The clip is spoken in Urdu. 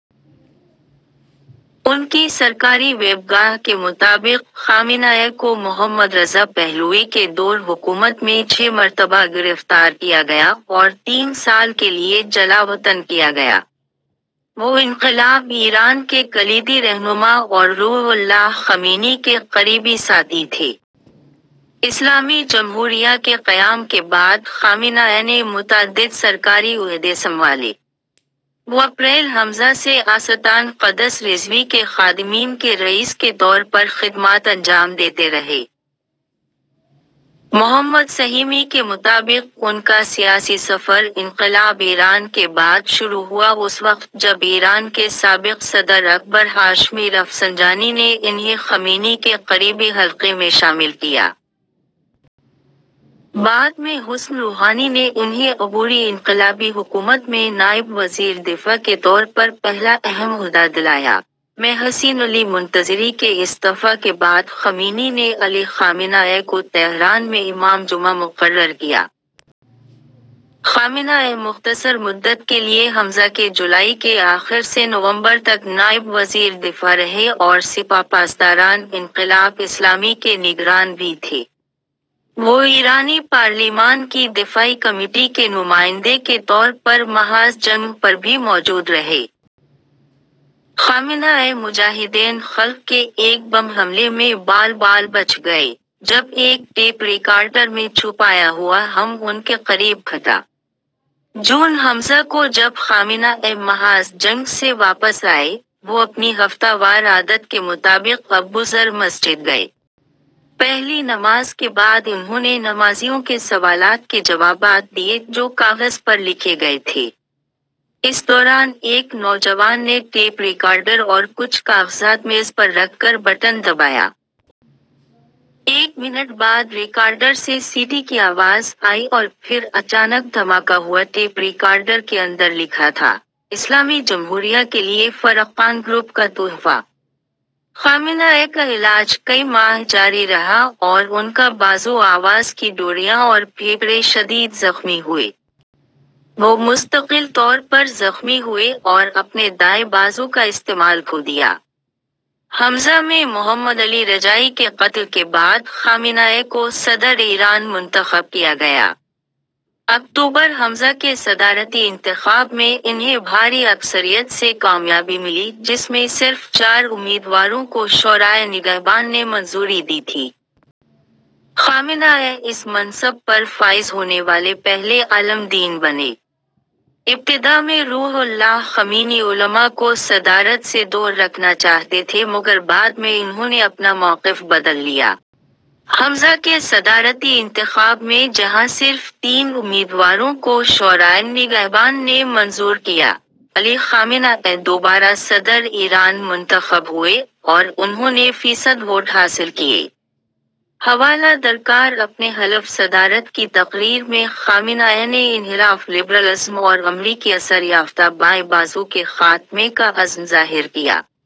ان کی سرکاری ویب گاہ کے مطابق خامنہ ای کو محمد رضا پہلوی کے دور حکومت میں چھ مرتبہ گرفتار کیا گیا اور تین سال کے لیے جلاوطن کیا گیا۔ وہ انقلاب ایران کے کلیدی رہنما اور روح اللہ خمینی کے قریبی ساتھی تھے۔ اسلامی جمہوریہ کے قیام کے بعد خامنہ ای نے متعدد سرکاری عہدے سنبھالے۔ وہ اپریل ء سے آستان قدس رضوی کے خادمین کے رئیس کے طور پر خدمات انجام دیتے رہے۔ محمد سہیمی کے مطابق ان کا سیاسی سفر انقلاب ایران کے بعد شروع ہوا اس وقت جب ایران کے سابق صدر اکبر ہاشمی رفسنجانی نے انھیں خمینی کے قریبی حلقے میں شامل کیا۔ بعد میں حسن روحانی نے انھیں عبوری انقلابی حکومت میں نائب وزیر دفاع کے طور پر پہلا اہم عہدہ دلایا۔ ء میں حسین علی منتظری کے استعفا کے بعد خمینی نے علی خامنہ ای کو تہران میں امامِ جمعہ مقرر کیا۔ خامنہ ای مختصر مدت کے لیے ء کے جولائی کے آخر سے نومبر تک نائب وزیر دفاع رہے اور سپاہ پاسداران انقلاب اسلامی کے نگران بھی تھے۔ وہ ایرانی پارلیمان کی دفاعی کمیٹی کے نمائندے کے طور پر محاذ جنگ پر بھی موجود رہے۔ خامنہ ای مجاہدین خلق کے ایک بم حملے میں بال بال بچ گئے، جب ایک ٹیپ ریکارڈر میں چھپایا ہوا بم ان کے قریب پھٹا۔ جون ء کو جب خامنہ ای محاذ جنگ سے واپس آئے، وہ اپنی ہفتہ وار عادت کے مطابق ابو ذر مسجد گئے۔ پہلی نماز کے بعد انھوں نے نمازیوں کے سوالات کے جوابات دیے جو کاغذ پر لکھے گئے تھے۔ اس دوران ایک نوجوان نے ٹیپ ریکارڈر اور کچھ کاغذات میز پر رکھ کر بٹن دبایا۔ ایک منٹ بعد ریکارڈر سے سیٹی کی آواز آئی اور پھر اچانک دھماکا ہوا۔ ٹیپ ریکارڈر کے اندر لکھا تھا: "اسلامی جمہوریہ کے لیے فرقان گروپ کا تحفہ"۔ خامنہ ای کا علاج کئی ماہ جاری رہا اور ان کا بازو، آواز کی ڈوریاں اور پھیپھڑے شدید زخمی ہوئے۔ وہ مستقل طور پر زخمی ہوئے اور اپنے دائیں بازو کا استعمال کھو دیا۔ ء میں محمد علی رجائی کے قتل کے بعد خامنہ ای کو صدرِ ایران منتخب کیا گیا۔ اکتوبر ء کے صدارتی انتخاب میں انھیں بھاری اکثریت سے کامیابی ملی، جس میں صرف چار امیدواروں کو شورائے نگہبان نے منظوری دی تھی۔ خامنہ ای اس منصب پر فائز ہونے والے پہلے عالم دین بنے۔ ابتدا میں روح اللہ خمینی علما کو صدارت سے دور رکھنا چاہتے تھے مگر بعد میں انھوں نے اپنا موقف بدل لیا۔ ء کے صدارتی انتخاب میں جہاں صرف تین امیدواروں کو شورائے نگہبان نے منظور کیا، علی خامنہ ای دوبارہ صدرِ ایران منتخب ہوئے اور انھوں نے فیصد ووٹ حاصل کیے۔ حوالہ درکار اپنے حلفِ صدارت کی تقریر میں خامنہ ای نے "انحراف، لبرل ازم اور امریکی اثر یافتہ بائیں بازو" کے خاتمے کا عزم ظاہر کیا۔